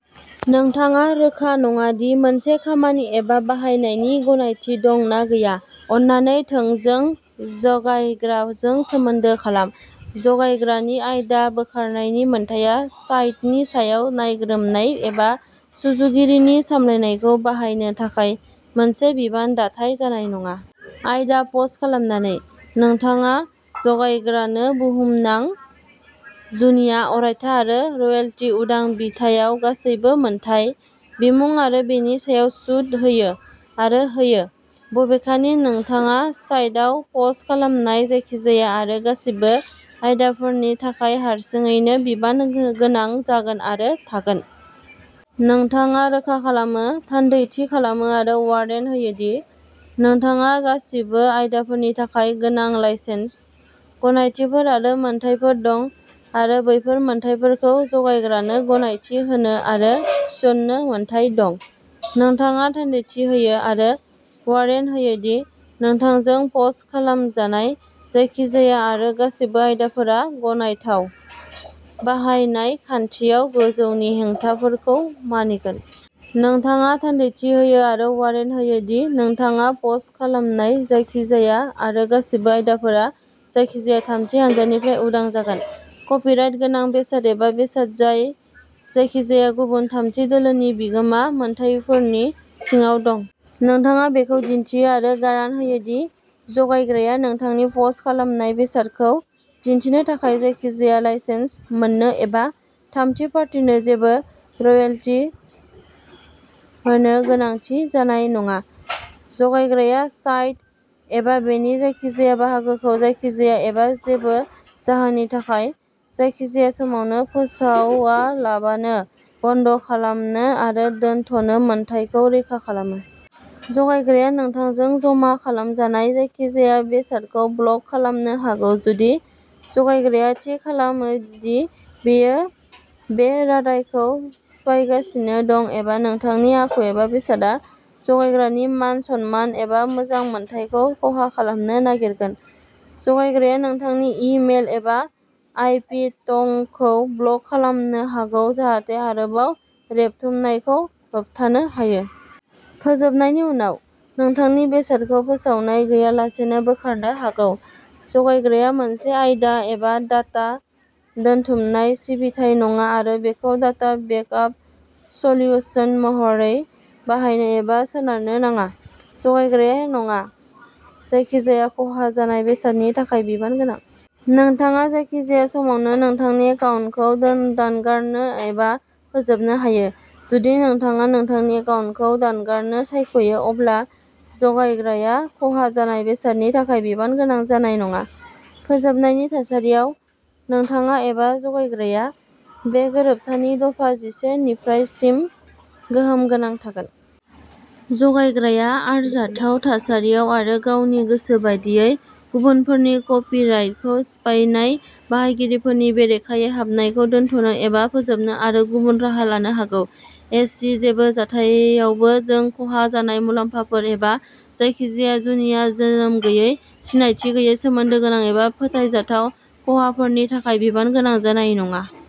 नोंथाङा रोखा नङा दि मोनसे खामानि एबा बाहायनायनि गनायथि दं ना गैया, अन्नानै थोंजों जगायग्राजों सोमोन्दो खालाम। जगायग्रानि आयदा बोखारनायनि मोन्थाइआ साइटनि सायाव नायग्रोमनाय एबा सुजुगिरिनि सामलायनायखौ बाहायनो थाखाय मोनसे बिबान दाथाय जानाय नङा। आयदा पस्ट खालामनानै, नोंथाङा जगायग्रानो बुहुमनां, जुनिया, अरायथा आरो रयेल्टी उदां बिथायाव गासैबो मोनथाय, बिमुं आरो बेनि सायाव सुद होयो आरो होयो। बबेखानि, नोंथाङा साइटआव पस्ट खालामनाय जायखिजाया आरो गासिबो आयदाफोरनि थाखाय हारसिङैनो बिबान गोनां जागोन आरो थागोन। नोंथाङा रोखा खालामो, थान्दैथि खालामो आरो वारेन्ट होयो दि नोंथाङा गासिबो आयदाफोरनि थाखाय गोनां लाइसेन्स, गनायथिफोर आरो मोनथायफोर दं आरो बैफोर मोनथायफोरखौ जगायग्रानो गनायथि होनो आरो थिसन्नो मोन्थाइ दं। नोंथाङा थान्दैथि होयो आरो वारेन्ट होयो दि नोंथांजों पस्ट खालामजानाय जायखिजाया आरो गासिबो आयदाफोरा गनायथाव बाहायनाय खान्थियाव गोजौनि हेंथाफोरखौ मानिगोन। नोंथाङा थान्दैथि होयो आरो वारेन्ट होयो दि नोंथाङा पस्ट खालामनाय जायखिजाया आरो गासिबो आयदाफोरा जायखिजाया थामथि हानजानिफ्राय उदां जागोन। कपिराइट गोनां बेसाद एबा बेसाद जाय जायखिजाया गुबुन थामथि दोलोनि बिगोमा मोनथायफोरनि सिङाव दं। नोंथाङा बेखौ दिन्थियो आरो गारान्ट होयो दि जगायग्राया नोंथांनि पस्ट खालामनाय बेसादखौ दिन्थिनो थाखाय जायखिजाया लाइसेन्स मोननो एबा थामथि पार्टिनो जेबो रयेल्टी होनो गोनांथि जानाय नङा। जगायग्राया साइट, एबा बेनि जायखिजाया बाहागोखौ जायखिजाया एबा जेबो जाहोननि थाखाय, जायखिजाया समावनो, फोसावालाबानो बन्द खालामनो आरो दोनथ'नो मोन्थाइखौ रैखा खालामो। जगायग्राया नोंथांजों जमा खालामजानाय जायखिजाया बेसादखौ ब्लक खालामनो हागौ जुदि जगायग्राया थि खालामो दि बेयो बे रादायखौ सिफायगासिनो दं एबा नोंथांनि आखु एबा बेसादआ जगायग्रानि मान-सन्मान एबा मोजां मोनथायखौ खहा खालामनो नागिरगोन। जगायग्राया नोंथांनि इ मेल एबा आइ पि थंखौ ब्लक खालामनो हागौ जाहाथे आरोबाव रेबथुमनायखौ होबथानो हायो। फोजोबनायनि उनाव, नोंथांनि बेसादखौ फोसावनाय गैयालासेनो बोखारनो हागौ। जगायग्राया मोनसे आयदा एबा डाटा दोनथुमनाय सिबिथाइ नङा आरो बेखौ डाटा बेकआप सल्युशन महरै बाहायनो एबा सोनारनो नाङा। जगायग्राया नङा। जायखिजाया खहा जानाय बेसादनि थाखाय बिबान गोनां। नोंथाङा जायखिजाया समावनो नोंथांनि एकाउन्टखौ दानगारनो एबा फोजोबनो हायो। जुदि नोंथाङा नोंथांनि एकाउन्टखौ दानगारनो सायख'यो, अब्ला जगायग्राया खहा जानाय बेसादनि थाखाय बिबान गोनां जानाय नङा। फोजोबनायनि थासारियाव, नोंथाङा एबा जगायग्राया, बे गोरोबथानि दफा जिसे निफ्राय सिम गोहोम गोनां थागोन। जगायग्राया, आरजाथाव थासारियाव आरो गावनि गोसो बादियै, गुबुनफोरनि कपिराइटखौ सिफायनाय बाहायगिरिफोरनि बेरेखायै हाबनायखौ दोनथ'नो एबा फोजोबनो आरो गुबुन राहा लानो हागौ। एस सि जेबो जाथायावबो जों खहा जानाय मुलाम्फाफोर एबा जायखिजाया जुनिया, जोनोम गैयै, सिनायथि गैयै, सोमोन्दो गोनां एबा फोथायजाथाव खहाफोरनि थाखाय बिबान गोनां जानाय नङा।